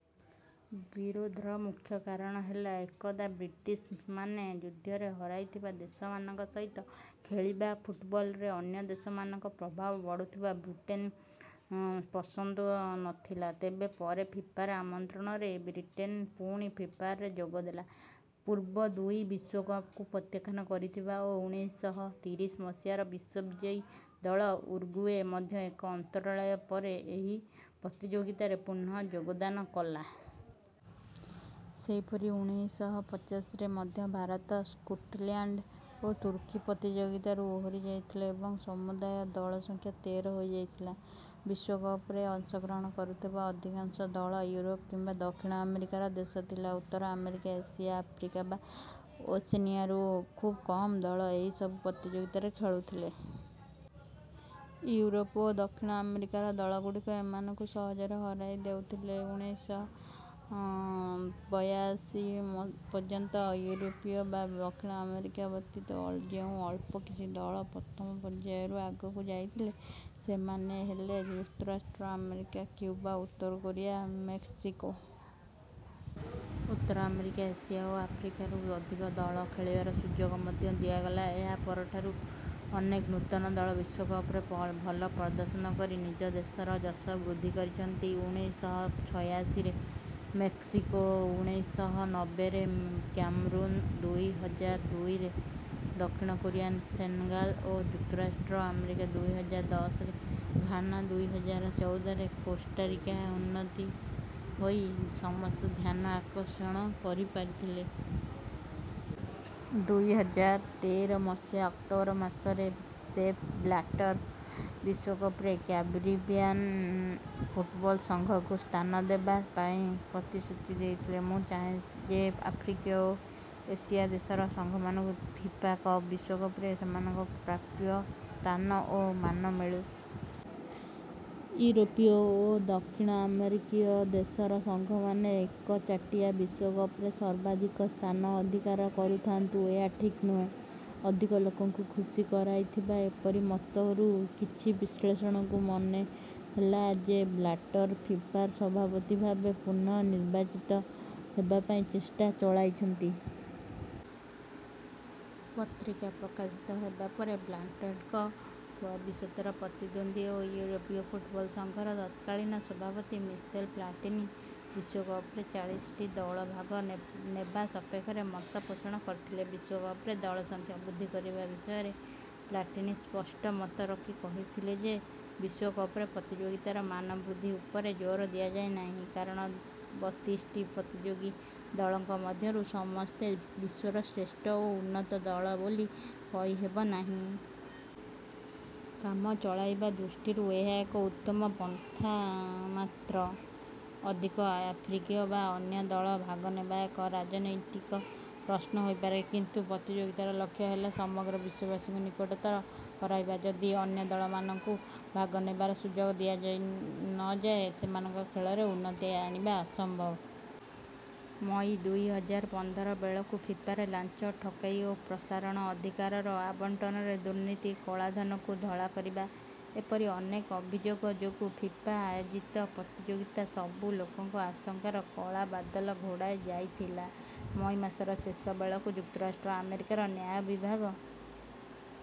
ବିରୋଧର ମୁଖ୍ୟ କାରଣ ହେଲା ଏକଦା ବ୍ରିଟିଶ୍ମାନେ ଯୁଦ୍ଧରେ ହରାଇଥିବା ଦେଶମାନଙ୍କ ସହିତ ଖେଳିବା ଫୁଟବଲରେ ଅନ୍ୟ ଦେଶମାନଙ୍କ ପ୍ରଭାବ ବଢ଼ୁଥିବା ବ୍ରିଟେନ୍କୁ ପସନ୍ଦ ନଥିଲା। ତେବେ ପରେ ଫିଫାର ଆମନ୍ତ୍ରଣରେ ବ୍ରିଟେନ୍ ପୁଣି ଫିଫାରେ ଯୋଗ ଦେଲା। ପୂର୍ବ ଦୁଇ ବିଶ୍ୱକପକୁ ପ୍ରତ୍ୟାଖ୍ୟାନ କରିଥିବା ଓ ଉଣେଇଶ ଶହ ତିରିଶ ମସିହାର ବିଶ୍ୱବିଜୟୀ ଦଳ ଉରୁଗୁଏ ମଧ୍ୟ ଏକ ଅନ୍ତରାଳ ପରେ ଏହି ପ୍ରତିଯୋଗିତାରେ ପୁନଃ ଯୋଗଦାନ କଲା। ସେହିପରି ଉଣେଇଶ ଶହ ପଚାଶରେ ମଧ୍ୟ ଭାରତ ସ୍କଟଲ୍ୟାଣ୍ଡ ଓ ତୁର୍କୀ ପ୍ରତିଯୋଗିତାରୁ ଓହରି ଯାଇଥିଲେ ଏବଂ ସମୁଦାୟ ଦଳ ସଂଖ୍ୟା ତେର ହୋଇଯାଇଥିଲା। ବିଶ୍ୱକପରେ ଅଂଶଗ୍ରହଣ କରୁଥିବା ଅଧିକାଂଶ ଦଳ ୟୁରୋପ୍ କିମ୍ବା ଦକ୍ଷିଣ ଆମେରିକାର ଦେଶ ଥିଲେ। ଉତ୍ତର ଆମେରିକା ଏସିଆ ଆଫ୍ରିକା ବା ଓସେନିଆରୁ ଖୁବ୍ କମ୍ ଦଳ ଏହି ସବୁ ପ୍ରତିଯୋଗିତାରେ ଖେଳୁଥିଲେ। ୟୁରୋପ୍ ଓ ଦକ୍ଷିଣ ଆମେରିକାର ଦଳଗୁଡ଼ିକ ଏମାନଙ୍କୁ ସହଜରେ ହରାଇ ଦେଉଥିଲେ। ଉଣେଇଶ ଶହ ବୟାଅଶୀ ପର୍ଯ୍ୟନ୍ତ ୟୁରୋପୀୟ ବା ଦକ୍ଷିଣ ଆମେରିକୀୟ ବ୍ୟତୀତ ଯେଉଁ ଅଳ୍ପ କିଛି ଦଳ ପ୍ରଥମ ପର୍ଯ୍ୟାୟରୁ ଆଗକୁ ଯାଇପାରିଥିଲେ ସେମାନେ ହେଲେ ଯୁକ୍ତରାଷ୍ଟ୍ର ଆମେରିକା କ୍ୟୁବା ଉତ୍ତର କୋରିଆ ମେକ୍ସିକୋ। ଉତ୍ତର ଆମେରିକା ଏସିଆ ଓ ଆଫ୍ରିକାରୁ ଅଧିକ ଦଳ ଖେଳିବାର ସୁଯୋଗ ମଧ୍ୟ ଦିଆଗଲା। ଏହା ପରଠାରୁ ଅନେକ ନୂତନ ଦଳ ବିଶ୍ୱକପରେ ଭଲ ପ୍ରଦର୍ଶନ କରି ନିଜ ଦେଶର ଯଶ ବୃଦ୍ଧି କରିଛନ୍ତି। ଉଣେଇଶ ଶହ ଛୟାଅଶୀରେ ମେକ୍ସିକୋ ଉଣେଇଶ ଶହ ନବେ ରେ କ୍ୟାମେରୁନ୍ ଦୁଇ ହଜାର ଦୁଇରେ ଦକ୍ଷିଣ କୋରିଆ ସେନେଗାଲ୍ ଓ ଯୁକ୍ତରାଷ୍ଟ୍ର ଆମେରିକା ଦୁଇ ହଜାର ଦଶରେ ଘାନା ଦୁଇ ହଜାର ଚଉଦରେ କୋଷ୍ଟାରିକା ଉନ୍ନତି ହୋଇ ସମସ୍ତଙ୍କ ଧ୍ୟାନ ଆକର୍ଷଣ କରିପାରିଥିଲେ। ଦୁଇ ହଜାର ତେର ମସିହା ଅକ୍ଟୋବର ମାସରେ ସେପ୍ ବ୍ଲାଟର୍ ବିଶ୍ୱକପରେ କ୍ୟାରିବିଆନ୍ ଫୁଟବଲ୍ ସଂଘକୁ ସ୍ଥାନ ଦେବା ପାଇଁ ପ୍ରତିଶ୍ରୁତି ଦେଇଥିଲେ । ମୁଁ ଚାହେଁ ଯେ ଆଫ୍ରିକୀୟ ଓ ଏସୀୟ ଦେଶର ସଂଘମାନଙ୍କୁ ଫିଫା ବିଶ୍ୱକପରେ ସେମାନଙ୍କ ପ୍ରାପ୍ୟ ସ୍ଥାନ ଓ ମାନ ମିଳୁ । ୟୁରୋପୀୟ ଓ ଦକ୍ଷିଣ ଆମେରିକୀୟ ଦେଶର ସଂଘମାନେ ଏକଚାଟିଆ ବିଶ୍ୱକପରେ ସର୍ବାଧିକ ସ୍ଥାନ ଅଧିକାର କରୁଥାନ୍ତୁ – ଏହା ଠିକ୍ ନୁହେଁ । ଅଧିକ ଲୋକଙ୍କୁ ଖୁସି କରାଇଥିବା ଏପରି ମତରୁ କିଛି ବିଶ୍ଳେଷକଙ୍କୁ ମନେ ହେଲା ଯେ ବ୍ଲାଟର୍ ଫିଫାର ସଭାପତି ଭାବେ ପୁନଃ ନିର୍ବାଚିତ ହେବା ପାଇଁ ଚେଷ୍ଟା ଚଳାଇଛନ୍ତି । ପତ୍ରିକା ପ୍ରକାଶିତ ହେବା ପରେ ବ୍ଲାଟର୍‍ଙ୍କ ଭବିଷ୍ୟତର ପ୍ରତିଦ୍ୱନ୍ଦୀ ଓ ୟୁରୋପୀୟ ଫୁଟବଲ୍ ସଂଘର ତତ୍କାଳୀନ ସଭାପତି ମିସେଲ୍ ପ୍ଲାଟିନି ବିଶ୍ୱକପରେ ଚାଳିଶଟି ଦଳ ଭାଗ ନେବା ସପକ୍ଷରେ ମତ ପୋଷଣ କରିଥିଲେ । ବିଶ୍ୱକପରେ ଦଳ ସଂଖ୍ୟା ବୃଦ୍ଧି କରିବା ବିଷୟରେ ପ୍ଲାଟିନି ସ୍ପଷ୍ଟ ମତ ରଖି କହିଥିଲେ ଯେ – ବିଶ୍ୱକପରେ ପ୍ରତିଯୋଗିତାର ମାନ ବୃଦ୍ଧି ଉପରେ ଜୋର୍ ଦିଆଯାଏ ନାହିଁ କାରଣ ବତିଶଟି ପ୍ରତିଯୋଗୀ ଦଳଙ୍କ ମଧ୍ୟରୁ ସମସ୍ତେ ବିଶ୍ୱର ଶ୍ରେଷ୍ଠ ଓ ଉନ୍ନତ ଦଳ ବୋଲି କହିହେବ ନାହିଁ । କାମ ଚଳାଇବା ଦୃଷ୍ଟିରୁ ଏହା ଏକ ଉତ୍ତମ ପନ୍ଥା ମାତ୍ର । ଅଧିକ ଆଫ୍ରିକୀୟ ବା ଅନ୍ୟ ଦଳ ଭାଗ ନେବା ଏକ ରାଜନୈତିକ ପ୍ରଶ୍ନ ହୋଇପାରେ । କିନ୍ତୁ ପ୍ରତିଯୋଗିତାର ଲକ୍ଷ୍ୟ ହେଲା ସମଗ୍ର ବିଶ୍ୱବାସୀଙ୍କୁ ନିକଟତର କରାଇବା । ଯଦି ଅନ୍ୟ ଦଳମାନଙ୍କୁ ଭାଗ ନେବାର ସୁଯୋଗ ଦିଆ ନଯାଏ, ସେମାନଙ୍କ ଖେଳରେ ଉନ୍ନତି ଆଣିବା ଅସମ୍ଭବ । ମଇ ଦୁଇ ହଜାର ପନ୍ଦର ବେଳକୁ ଫିଫାରେ ଲାଞ୍ଚ, ଠକେଇ ଓ ପ୍ରସାରଣ ଅଧିକାରର ଆବଣ୍ଟନରେ ଦୁର୍ନିତି, କଳାଧନକୁ ଧଳା କରିବା – ଏପରି ଅନେକ ଅଭିଯୋଗ ଯୋଗୁଁ ଫିଫା ଆୟୋଜିତ ପ୍ରତିଯୋଗିତା ସବୁ ଲୋକଙ୍କ ଆଶଙ୍କାର କଳା ବାଦଲ ଘୋଡ଼ାଇ ହୋଇଯାଇଥିଲା ମଇ ମାସର ଶେଷ ବେଳକୁ ଯୁକ୍ତରାଷ୍ଟ୍ର ଆମେରିକାର ନ୍ୟାୟ ବିଭାଗ